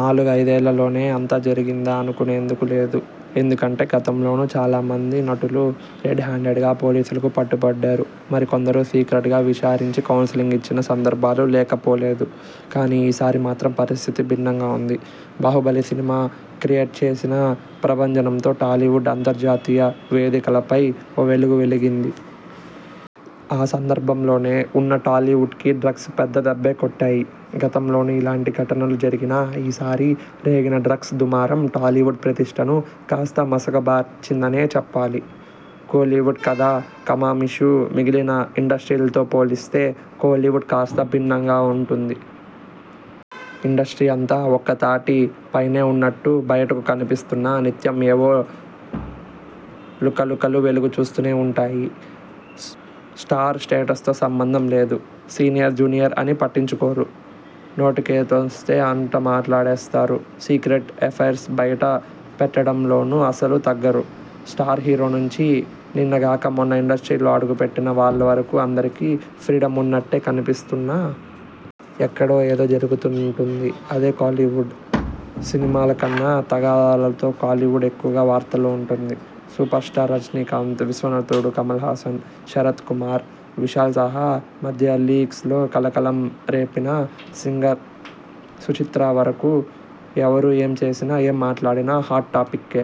నాలుగైదేళ్ల లోనే అంతా జరిగిందా అనుకునేందుకు లేదు. ఎందుకంటే గతంలోనూ చాలామంది నటులు రెడ్ హ్యాండెడ్గా పోలీసులకు పట్టుబడ్డారు. మరికొందర్ని సీక్రెట్గా విచారించి కౌన్సిలింగ్ ఇచ్చిన సందర్భాలూ లేకపోలేదు. కానీ ఈ సారి మాత్రం పరిస్థితి భిన్నంగా ఉంది. బాహుబలి సినిమా క్రియేట్ చేసిన ప్రభంజనంతో టాలీవుడ్ అంతర్జాతీయ వేదికలపై ఓ వెలుగు వెలిగింది. ఆ సంబరం లోనే ఉన్న టాలీవుడ్కి డ్రగ్స్ పెద్ద దెబ్బే కొట్టాయి. గతంలోనూ ఇలాంటి ఘటనలు జరిగినా ఈ సారి రేగిన డ్రగ్స్ దుమారం టాలీవుడ్ ప్రతిష్టను కాస్త మసక బార్చిందనే చెప్పాలి. కోలీవుడ్ కథా కమామిషు మిగిలిన ఇండస్ట్రీలతో పోలిస్తే కోలీవుడ్ కాస్త భిన్నంగా ఉంటుంది. ఇండస్ట్రీ అంతా ఒక్కతాటి పైనే ఉన్నట్టు బయటకు కనిపిస్తున్నా నిత్యం ఏవో లుకలుకలు వెలుగు చూస్తూనే ఉంటాయి. స్టార్ స్టేటస్తో సంబంధం లేదు. సీనియర్-జూనియర్ అని పట్టించుకోరు. నోటికెంతొస్తే అంతా మాట్లాడేస్తారు. సీక్రెట్ ఎఫైర్లు బయట పెట్టడంలోనూ అస్సలు తగ్గరు. స్టార్ హీరో నుంచి నిన్న గాక మొన్న ఇండస్ట్రీలో అడుగు పెట్టిన వాళ్ల వరకూ అందరికీ ఫ్రీడమ్ ఉన్నట్టే కనిపిస్తున్నా.. ఎక్కడో ఏదో జరుగుతుంటుంది అదే కోలీవుడ్. సినిమాల కన్నా తగాదాలతోనే కోలీవుడ్ ఎక్కువగా వార్తల్లో ఉంటుంది. సూపర్ స్టార్ రజినీకాంత్, విశ్వనటుడు కమల్ హాసన్, శరత్ కుమార్, విశాల్ సహా ఆ మధ్య లీక్స్ లో కలకలం రేపిన సింగర్ సుచిత్ర వరకూ ఎవరు ఏం చేసినా, ఏం మాట్లాడినా హాట్ టాపిక్కే!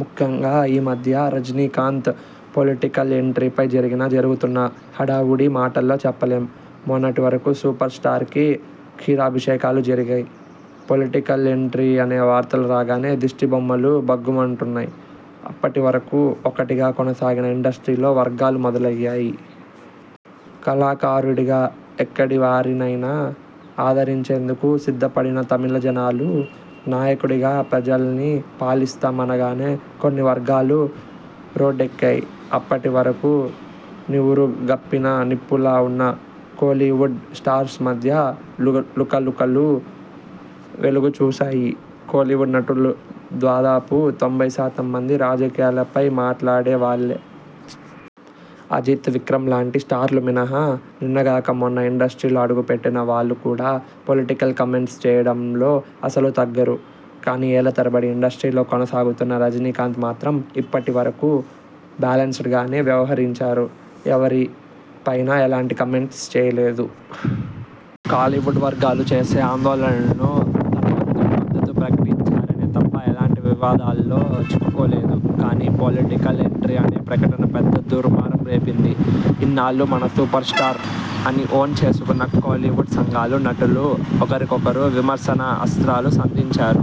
ముఖ్యంగా ఈ మధ్య రజినీకాంత్ పొలిటికల్ ఎంట్రీ పై జరిగిన, జరుగుతున్న హడావుడి మాటల్లో చెప్పలేం. మొన్నటి వరకూ సూపర్ స్టార్కి క్షీరాభిషేకాలు జరిగాయ్. పొలిటికల్ ఎంట్రీ అనే వార్తలు రాగానే దిష్టి బొమ్మలు భగ్గుమన్నాయ్. అప్పటి వరకూ ఒక్కటిగా కొనసాగిన ఇండస్ట్రీలో వర్గాలు మొదలయ్యాయి. కళాకారుడిగా ఎక్కడి వారినైనా ఆదిరించేందుకు సిద్ధపడిన తమిళజనాలు, నాయకుడిగా ప్రజల్ని పాలిస్తాం అనగానే కొన్ని వర్గాలు రోడ్డెక్కాయ్. అప్పటి వరకూ నివురు గప్పిన నిప్పులా ఉన్న కోలీవుడ్ స్టార్స్ మధ్య లుకలుకలు వెలుగుచూశాయి. కోలీవుడ్ నటుల్లో దాదాపు తొంభై శాతం మంది రాజకీయాలపై మాట్లాడే వాళ్లే. అజిత్, విక్రమ్ లాంటి స్టార్లు మినహా నిన్న గాక మొన్న ఇండస్ట్రీలో అడుగుపెట్టిన వాళ్లు కూడా పొలిటికల్ కామెంట్స్ చేయడంలో అస్సలు తగ్గరు. కానీ ఏళ్ల తరబడి ఇండస్ట్రీలో కొనసాగుతున్న రజినీకాంత్ మాత్రం ఇప్పటి వరకూ బ్యాలెన్సెడ్ గానే వ్యవహించారు. ఎవ్వరి పైనా ఎలాంటి కామెంట్స్ చేయలేదు. కోలీవుడ్ వర్గాలు చేసే ఆందోళనలకు తన వంతు మద్దకు ప్రకటించారే తప్ప ఎలాంటి వివాదాల్లో చిక్కుకోలేదు. కానీ పొలిటికల్ ఎంట్రీ అనే ప్రకటన పెద్ద దుమారం రేపింది. ఇన్నాళ్లూ మన సూపర్ స్టార్ అని ఓన్ చేసుకున్న కోలీవుడ్ సంఘాలు, నటులు ఒక్కొక్కరు విమర్శన అస్త్రాలు సంధించారు.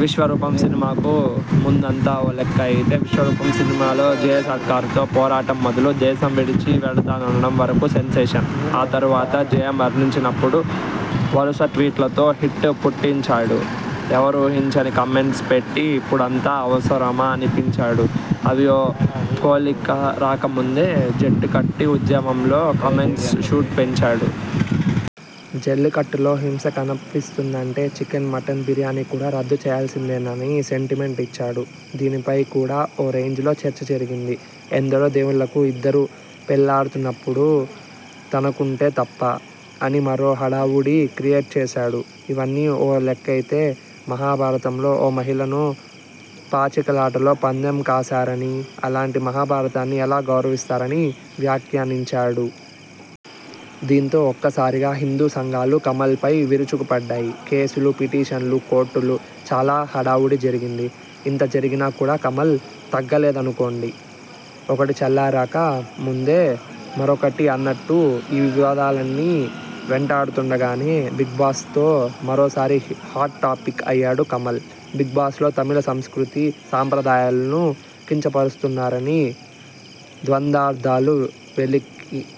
విశ్వరూపం సినిమాకు ముందంతా ఓ లెక్క అయితే విశ్వరూపం సమయంలో జయ సర్కార్తో పోరాటం మొదలు దేశం విడిచి వెళతాననడం వరకూ సెన్షేషనే. ఆ తర్వాత జయ మరణించినప్పుడు వరుస ట్వీట్లతో హీట్ పుట్టించాడు. ఎవ్వరూ ఊహించని కామెంట్స్ పెట్టి ఇప్పుడంత అవసరమా అనిపించాడు. అవి ఓ కొలిక్కి రాకముందే జల్లికట్టు ఉద్యమంలో కామెంట్స్ ఘాట్ పెంచాడు. జల్లికట్టులో హింస కనిపిస్తుందంటే చికెన్, మటన్ బిర్యానీ కూడా రద్దు చేయాల్సిందేనని స్టేట్మెంట్ ఇచ్చాడు. దీనిపై కూడా ఓ రేంజ్లో చర్చ జరిగింది. ఎందరో దేవుళ్లకు ఇద్దరు పెళ్లాలున్నప్పుడు తనకుంటే తప్పా? అని మరో హడావుడి క్రియేట్ చేశాడు. ఇవన్నీ ఓ లెక్కైతే మహాభారతంలో ఓ మహిళను పాచికలాటలో పందెం కాశారని, అలాంటి మహాభారతాన్ని ఎలా గౌరవిస్తారని వ్యాఖ్యానించాడు. దీనితో ఒక్కసారిగా హిందూ సంఘాలు కమల్ పై విరుచుకు పడ్డాయి. కేసులు, పిటిషన్లు, కోర్టులు చాలా హడావుడి జరిగింది. ఇంత జరిగినా కూడా కమల్ తగ్గలేదనుకోండి! ఒకటి చల్లారక ముందే మరొకటి అన్నట్టు ఈ వివాదాలన్నీ వెంటాడుతుండగానే బిగ్ బాస్ తో మరోసారి హాట్ టాపిక్ అయ్యాడు కమల్. బిగ్ బాస్ లో తమిళ సంస్కృతి, సంప్రదాయాలను కించపరుస్తున్నారని, ద్వంద్వార్థాలు, వెకిలి